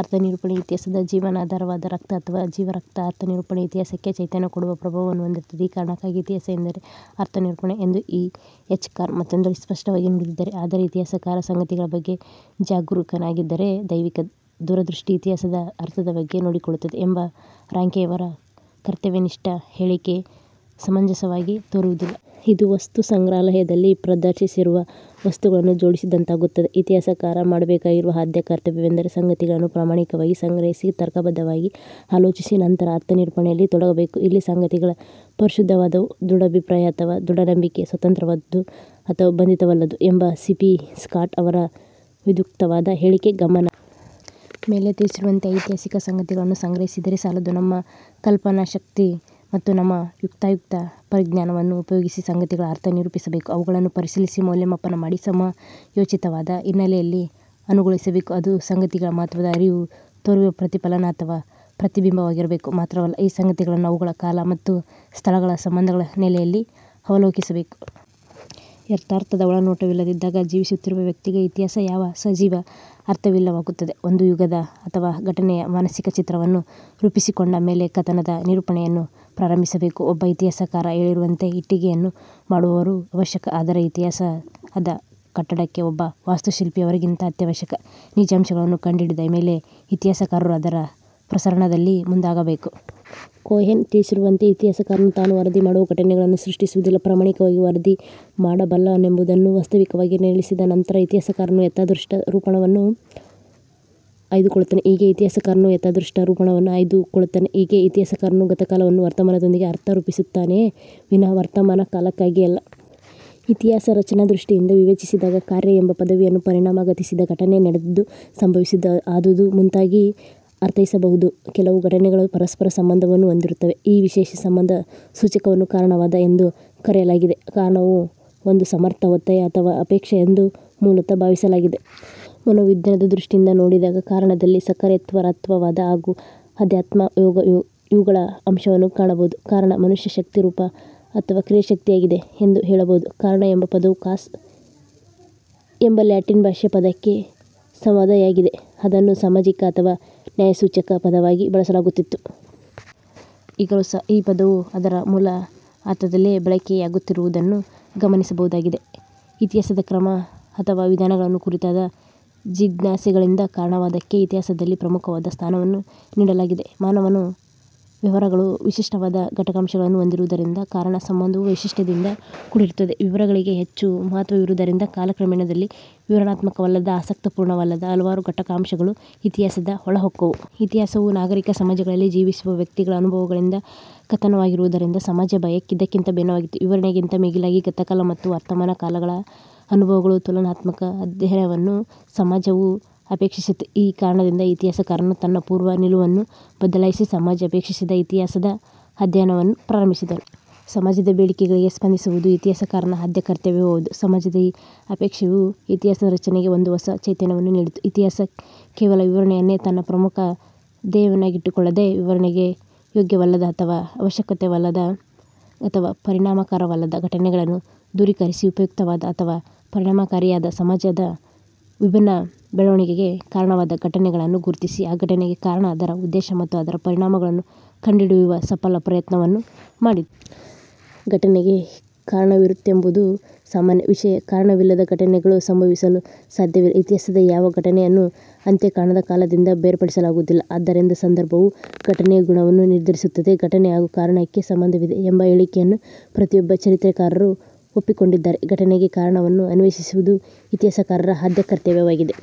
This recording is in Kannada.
ಅರ್ಥನಿರೂಪಣೆ ಇತಿಹಾಸದ ಜೀವನಾಧಾರವಾದ ರಕ್ತ ಅಥವಾ ಜೀವರಕ್ತ. ಅರ್ಥನಿರೂಪಣೆ ಇತಿಹಾಸಕ್ಕೆ ಚೈತನ್ಯ ಕೊಡುವ ಪ್ರಭಾವವನ್ನು ಹೊಂದಿರುತ್ತದೆ. ಈ ಕಾರಣಕ್ಕಾಗಿ ಇತಿಹಾಸ ಎಂದರೆ ಅರ್ಥನಿರೂಪಣೆ ಎಂದು ಇ. ಎಚ್. ಕಾರ್ ಮತ್ತೊಂದೆಡೆ ಸ್ಪಷ್ಟವಾಗಿ ನುಡಿದಿದ್ದಾರೆ. ಆದರೆ ಇತಿಹಾಸಕಾರ ಸಂಗತಿಗಳಬಗ್ಗೆ ಜಾಗರೂಕನಾಗಿದ್ದರೆ ದೈವಿಕ ದೂರದೃಷ್ಟಿ ಇತಿಹಾಸದ ಅರ್ಥದ ಬಗ್ಗೆ ನೋಡಿಕೊಳ್ಳುತ್ತದೆ ಎಂಬ ರಾಂಕೆಯವರ ಕರ್ತವ್ಯನಿಷ್ಠ ಹೇಳಿಕೆ ಸಮಂಜಸವಾಗಿ ತೋರುವುದಿಲ್ಲ. ಇದು ವಸ್ತುಸಂಗ್ರಹಾಲಯದಲ್ಲಿ ಪ್ರದರ್ಶಿಸಿರುವ ವಸ್ತುಗಳನ್ನು ಜೋಡಿಸದಂತಾಗುತ್ತದೆ. ಇತಿಹಾಸಕಾರ ಮಾಡಬೇಕಾಗಿರುವ ಆದ್ಯ ಕರ್ತವ್ಯವೆಂದರೆ ಸಂಗತಿಗಳನ್ನು ಪ್ರಾಮಾಣಿಕವಾಗಿ ಸಂಗ್ರಹಿಸಿ, ತರ್ಕಬದ್ಧವಾಗಿ ಆಲೋಚಿಸಿ, ನಂತರ ಅರ್ಥನಿರೂಪಣೆಯಲ್ಲಿ ತೊಡಗಬೇಕು. ಇಲ್ಲಿ ಸಂಗತಿಗಳು ಪರಿಶುದ್ಧವಾದವು, ದೃಢಾಭಿಪ್ರಾಯ ಅಥವಾ ದೃಢನಂಬಿಕೆ ಸ್ವತಂತ್ರವಾದುದು ಅಥವಾ ಬಂಧಿತವಲ್ಲದ್ದು ಎಂಬ ಸಿ. ಪಿ. ಸ್ಕಾಟ್ ಅವರ ವಿಧ್ಯುಕ್ತವಾದ ಹೇಳಿಕೆ ಗಮನಾರ್ಹ. ಮೇಲೆ ತಿಳಿಸಿರುವಂತೆ ಐತಿಹಾಸಿಕ ಸಂಗತಿಗಳನ್ನು ಸಂಗ್ರಹಿಸಿದರೆ ಸಾಲದು. ನಮ್ಮ ಕಲ್ಪನಾಶಕತಿ ಮತ್ತು ನಮ್ಮ ಯುಕ್ತಾಯುಕ್ತ ಪರಿಜ್ಞಾನವನ್ನು ಉಪಯೋಗಿಸಿ ಸಂಗತಿಗಳ ಅರ್ಥ ನಿರೂಪಿಸಬೇಕು. ಅವುಗಳನ್ನು ಪರಿಶೀಲಿಸಿ, ಮೌಲ್ಯಮಾಪನ ಮಾಡಿ, ಸಮಯೋಚಿತ ವಾದ ಹಿನ್ನೆಲೆಯಲ್ಲಿ ಅನುಗೊಳಿಸಬೇಕು. ಅದು ಸಂಗತಿಗಳ ಮಹತ್ವದ ಅರಿವು ತೋರುವ ಪ್ರತಿಫಲನ ಅಥವಾ ಪ್ರತಿಬಿಂಬವಾಗಿರಬೇಕು. ಮಾತ್ರವಲ್ಲ, ಈ ಸಂಗತಿಗಳನ್ನು ಅವುಗಳ ಕಾಲ ಮತ್ತು ಸ್ಥಳಗಳ ಸಂಬಂಧಗಳ ನೆಲೆಯಲ್ಲಿ ಅವಲೋಕಿಸಬೇಕು. ಯಥಾರ್ಥದ ಒಳನೋಟವಿಲ್ಲದಿದ್ದಾಗ ಜೀವಿಸುತ್ತಿರುವ ವ್ಯಕ್ತಿಗಳಿಗೆ ಇತಿಹಾಸ ಯಾವ ಸಜೀವ ಅರ್ಥವಿಲ್ಲವಾಗುತ್ತದೆ. ಒಂದು ಯುಗದ ಅಥವಾ ಘಟನೆಯ ಮಾನಸಿಕ ಚಿತ್ರವನ್ನು ರೂಪಿಸಿಕೊಂಡ ಮೇಲೆ ಕಥನದ ನಿರೂಪಣೆಯನ್ನು ಪ್ರಾರಂಭಿಸಬೇಕು. ಒಬ್ಬ ಇತಿಹಾಸಕಾರ ಹೇಳಿರುವಂತೆ ಇಟ್ಟಿಗೆಯನ್ನು ಮಾಡುವವರು ಅವಶ್ಯಕ, ಆದರೆ ಇತಿಹಾಸದ ಕಟ್ಟಡಕ್ಕೆ ಒಬ್ಬ ವಾಸ್ತುಶಿಲ್ಪಿ ಅವರಿಗಿಂತ ಅತ್ಯಾವಶ್ಯಕ. ನಿಜಾಂಶಗಳನ್ನು ಕಂಡುಹಿಡಿದ ಮೇಲೆ ಇತಿಹಾಸಕಾರನು ಅದರ ಪ್ರಸರಣದಲ್ಲಿ ಮುಂದಾಗಬೇಕು. ಕೋಹೆನ್ ತಿಳಿಸಿರುವಂತೆ, ಇತಿಹಾಸಕಾರನು ತಾನು ವರದಿ ಮಾಡುವ ಘಟನೆಗಳನ್ನು ಸೃಷ್ಟಿಸುವುದಿಲ್ಲ. ಪ್ರಾಮಾಣಿಕವಾಗಿ ವರದಿ ಮಾಡಬಲ್ಲನೆಂಬುದನ್ನು ವಾಸ್ತವಿಕವಾಗಿ ನಿರ್ಣಯಿಸಿದ ನಂತರ ಇತಿಹಾಸಕಾರನು ಯಥಾದೃಷ್ಟ ರೂಪಣವನ್ನು ಆಯ್ದುಕೊಳ್ಳುತ್ತಾನೆ. ಹೀಗೆ ಇತಿಹಾಸಕಾರನು ಯಥಾದೃಷ್ಟ ರೂಪಣವನ್ನು ಆಯ್ದು ಕೊಳ್ಳುತ್ತಾನೆ. ಹೀಗೆ ಇತಿಹಾಸಕಾರನು ಗತಕಾಲವನ್ನು ವರ್ತಮಾನದೊಂದಿಗೆ ಅರ್ಥ ನಿರೂಪಿಸುತ್ತಾನೆಯೇ ವಿನಾ ವರ್ತಮಾನ ಕಾಲಕ್ಕಾಗಿಯಲ್ಲ. ಇತಿಹಾಸ ರಚನಾದೃಷ್ಟಿಯಿಂದ ವಿವೇಚಿಸಿದಾಗ ಕಾರ್ಯ ಎಂಬ ಪದವಿಯನ್ನು ಪರಿಣಾಮ, ಗತಿಸಿದ ಘಟನೆ, ನಡೆದದ್ದು, ಸಂಭವಿಸಿದ್ದು, ಆದುದು ಮುಂತಾಗಿ ಆರ್ಥೈಸಬಹುದು. ಕೆಲವು ಘಟನೆಗಳು ಪರಸ್ಪರ ಸಂಬಂಧವನ್ನು ಹೊಂದಿರುತ್ತವೆ. ಈ ವಿಶೇಷ ಸಂಬಂಧ ಸೂಚಕವನ್ನು ಕಾರಣವಾದ ಎಂದು ಕರೆಯಲಾಗಿದೆ. ಕಾರಣವು ಒಂದು ಸಮರ್ಥ ಒತ್ತಾಯ ಅಥವಾ ಅಪೇಕ್ಷೆ ಎಂದು ಮೂಲತಃ ಭಾವಿಸಲಾಗಿದೆ. ಮನೋವಿಜ್ಞಾನದ ದೃಷ್ಟಿಯಿಂದ ನೋಡಿದಾಗ ಕಾರಣದಲ್ಲಿ ಸಕಾರೇತ್ವರತ್ವವಾದ ಹಾಗೂ ಅಧ್ಯಾತ್ಮ ಯೋಗ ಇವುಗಳ ಅಂಶವನ್ನು ಕಾನಬಹುದು. ಕಾರಣ, ಮನುಷ್ಯ ಶಕ್ತಿರೂಪ ಅಥವ ಕ್ರಿಯಾಶಕ್ತಿಯಾಗಿದೆ ಎಂದು ಹೇಳಬಹುದು. "ಕಾರಣ" ಎಂಬ ಪದವು "ಕಾಸ" ಎಂಬ ಲ್ಯಾಟಿನ್ ಭಾಷೆಯ ಪದಕ್ಕೆ ಸಂವಾದಿಯಾಗಿದೆ. ಅದನ್ನು ಸಾಮಾಜಿಕ ಅಥವಾ ನ್ಯಾಯಸೂಚಕ ಪದವಾಗಿ ಬಳಸಲಾಗುತ್ತಿತ್ತು. ಈಗಲೂ ಸಹ ಈ ಪದವು ಅದರ ಮೂಲ ಅರ್ಥದಲ್ಲಿಯೇ ಬಳಕೆಯಾಗುತ್ತಿರುವುದನ್ನು ಗಮನಿಸಬಹುದಾಗಿದೆ. ಇತಿಹಾಸದ ಕ್ರಮ ಅಥವ ವಿಧಾನಗಳನ್ನು ಕುರಿತಾದ ಜಿಜ್ಞಾಸೆಗಳಿಂದ ಕಾರಣವಾದಕ್ಕೆ ಇತಿಹಾಸದಲ್ಲಿ ಪ್ರಮುಖವಾದ ಸ್ಥಾನವನ್ನು ನೀಡಲಾಗಿದೆ. ಮಾನವನ ವ್ಯವಹಾರಗಳು ವಿಶಿಷ್ಟವಾದ ಘಟಕಾಂಶಗಳನ್ನು ಹೊಂದಿರುವುದರಿಂದ ಕಾರಣ ಸಂಬಂಧವೂ ವೈಶಿಷ್ಟ್ಯದಿಂದ ಕೂಡಿರುತ್ತದೆ. ವಿವರಗಳಿಗೆ ಹೆಚ್ಚು ಮಹತ್ವವಿರುವುದರಿಂದ, ಕಾಲ ಕ್ರಮೇಣದಲ್ಲಿ ವಿವರಣಾತ್ಮಕವಲ್ಲದ, ಆಸಕ್ತಪೂರ್ಣವಲ್ಲದ ಹಲವಾರು ಘಟಕಾಂಶಗಳು ಇತಿಹಾಸದ ಒಳಹೊಕ್ಕವು. ಇತಿಹಾಸವು ನಾಗರಿಕ ಸಮಾಜಗಳಲ್ಲಿ ಜೀವಿಸುವ ವ್ಯಕ್ತಿಗಳ ಅನುಭವಗಳಿಂದ ಕಥನವಾಗಿರುವುದರಿಂದ, ಸಮಾಜದ ಬಯಕೆ ಇದಕ್ಕಿಂತ ಭಿನ್ನವಾಗಿತ್ತು. ವಿವರಣೆಗಿಂತ ಮಿಗಿಲಾಗಿ, ಗತಕಾಲ ಮತ್ತು ವರ್ತಮಾನ ಕಾಲಗಳ ಅನುಭವಗಳ ತುಲನಾತ್ಮಕ ಅಧ್ಯಯನವನ್ನು ಸಮಾಜವು ಅಪೇಕ್ಷಿಸಿತು. ಈ ಕಾರಣದಿಂದ ಇತಿಹಾಸಕಾರನು ತನ್ನ ಪೂರ್ವ ನಿಲುವನ್ನು ಬದಲಾಯಿಸಿ ಸಮಾಜ ಅಪೇಕ್ಷಿಸಿದ ಇತಿಹಾಸದ ಅಧ್ಯಯನವನ್ನು ಪ್ರಾರಂಭಿಸಿದನು. ಸಮಾಜದ ಬೇಡಿಕೆಗಳಿಗೆ ಸ್ಪಂದಿಸುವುದು ಇತಿಹಾಸಕಾರನ ಆದ್ಯ ಕರ್ತವ್ಯವೂ ಹೌದು. ಸಮಾಜದ ಈ ಅಪೇಕ್ಷೆಯು ಇತಿಹಾಸ ರಚನೆಗೆ ಒಂದು ಹೊಸ ಚೈತನ್ಯವನ್ನು ನೀಡಿತು. ಇತಿಹಾಸ ಕೇವಲ ವಿವರಣೆಯನ್ನೇ ತನ್ನ ಪ್ರಮುಖ ಧ್ಯೇಯವನ್ನಾಗಿಟ್ಟುಕೊಳ್ಳದೆ, ವಿವರಣೆಗೆ ಯೋಗ್ಯವಲ್ಲದ, ಅಥವ ಅವಶ್ಯಕವಲ್ಲದ ಅಥವ ಪರಿಣಾಮಕಾರವಲ್ಲದ ಘಟನೆಗಳನ್ನು ದೂರೀಕರಿಸಿ, ಉಪಯುಕ್ತವಾದ ಅಥವ ಪರಿಣಾಮಕಾರಿಯಾದ, ಸಮಾಜದ ವಿಭಿನ್ನ ಬೆಳವಣಿಗೆಗೆ ಕಾರಣವಾದ ಘಟನೆಗಳನ್ನು ಗುರುತಿಸಿ, ಆ ಘಟನೆಗೆ ಕಾರಣ, ಅದರ ಉದ್ದೇಶ ಮತ್ತು ಅದರ ಪರಿಣಾಮಗಳನ್ನು ಕಂಡುಹಿಡಿಯುವ ಸಫಲ ಪ್ರಯತ್ನವನ್ನು ಮಾಡಿತು. ಘಟನೆಗೆ ಕಾರಣವಿರುತ್ತದೆಂಬುದು ಸಾಮಾನ್ಯ ವಿಷಯ. ಕಾರಣವಿಲ್ಲದ ಘಟನೆಗಳು ಸಂಭವಿಸಲು ಸಾಧ್ಯವಿಲ್ಲ. ಇತಿಹಾಸದ ಯಾವ ಘಟನೆಯನ್ನೂ ಅಂತ್ಯ ಕಾಣದ ಕಾಲದಿಂದ ಬೇರ್ಪಡಿಸಲಾಗುವುದಿಲ್ಲ. ಆದ್ದರಿಂದ ಸಂದರ್ಭವು ಘಟನೆಯ ಗುಣವನ್ನು ನಿರ್ದರಿಸುತ್ತದೆ. ಘಟನೆ ಹಾಗೂ ಕಾರಣಕ್ಕೆ ಸಂಬಂಧವಿದೆ ಎಂಬ ಹೇಳಿಕೆಯನ್ನು ಪ್ರತಿಯೊಬ್ಬ ಚರಿತ್ರೆಕಾರರೂ ಒಪ್ಪಿಕೊಂಡಿದ್ದಾರೆ. ಘಟನೆಗೆ ಕಾರಣವನ್ನು ಅನ್ವೇಷಿಸುವುದು ಇತಿಹಾಸಕಾರರ ಆದ್ಯ ಕರ್ತವ್ಯವಾಗಿದೆ.